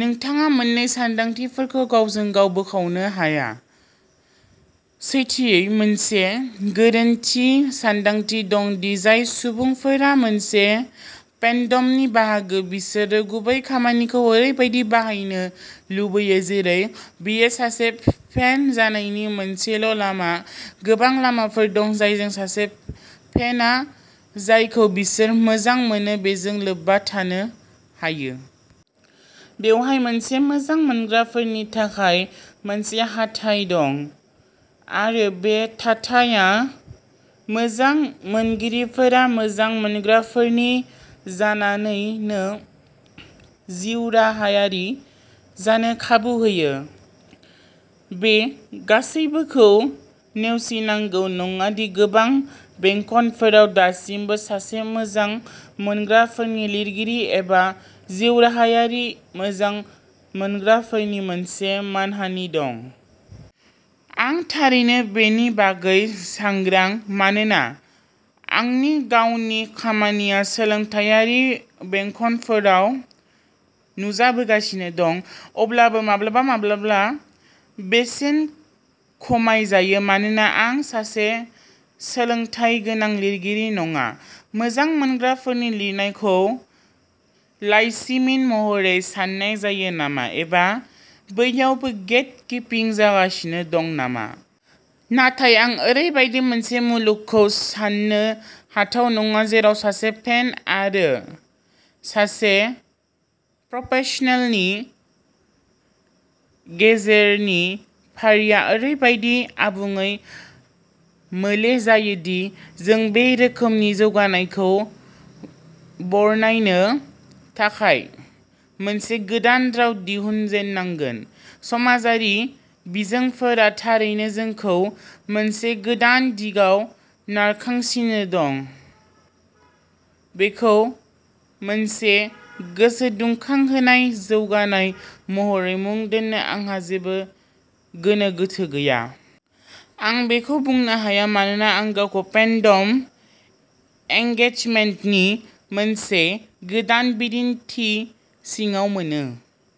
नोंथाङा मोन्नै सानदांथिफोरखौ गावजों गाव बोखावनो हाया। सैथोयै, मोनसे गोरोन्थि सानदांथि दं दि जाय सुबुंफोरा मोनसे फेन्डमनि बाहागो, बिसोरो गुबै खामानिखौ ओरैबायदि बाहायनो लुबैयो जेरै बेयो सासे फेन जानायनि मोनसेल'लामा। गोबां लामाफोर दं जायजों सासे फेनआ जायखौ बिसोर मोजां मोनो बेजों लोब्बा थानो हायो। बेवहाय मोनसे मोजां मोनग्राफोरनि थाखाय मोनसे हाथाइ दं आरो बे थाथाया मोजां मोनगिरिफोरा मोजां मोनग्राफोरनि जानानैनो जिउराहायारि जानो खाबु होयो। बे गासैबोखौ नेवसिनांगौ नङा दि गोबां बेंखनफोराव दासिमबो सासे मोजां मोनग्राफोरनि लिरगिरि एबा "जिउराहायारि मोजां मोनग्राफोरनि" मोनसे मानहानि दं। आं थारैनो बेनि बागै सांग्रां, मानोना आंनि गावनि खामानिया सोलोंथायारि बेंखनफोराव नुजाबोगासिनो दं, अब्लाबो माब्लाबा-माब्लाबा बेसेन खमायजायो मानोना आं सासे "सोलोंथायगोनां" लिरगिरि नङा। मोजां मोनग्राफोरनि लिरनायखौ लाइसिमिन महरै सान्नाय जायो नामा, एबा बैयावबो गेट-कीपिं जागासिनो दं नामा? नाथाय आं ओरैबायदि मोनसे मुलुगखौ सान्नो हाथाव नङा जेराव सासे फेन आरो सासे प्रफेसनेलनि गेजेरनि फारिया ओरैबायदि आबुङै मोले जायो दि जों बे रोखोमनि जौगानायखौ बरनायनो थाखाय मोनसे गोदान राव दिहुनजेननांगोन। समाजारि बिजोंफोरा थारैनो जोंखौ मोनसे गोदान दिगाव नारखांगासिनो दं, आरो बेखौ मोनसे गोसोदुंखांहोनाय जौगानाय महरै मुं दोन्नो आंहा जेबो गोनो गोथो गैया। आं बेखौ बुंनो हाया मानोना आं गावखौ फेन्डम एंगेजमेन्टनि मोनसे गोदान बिदिनथि सिङाव मोनो।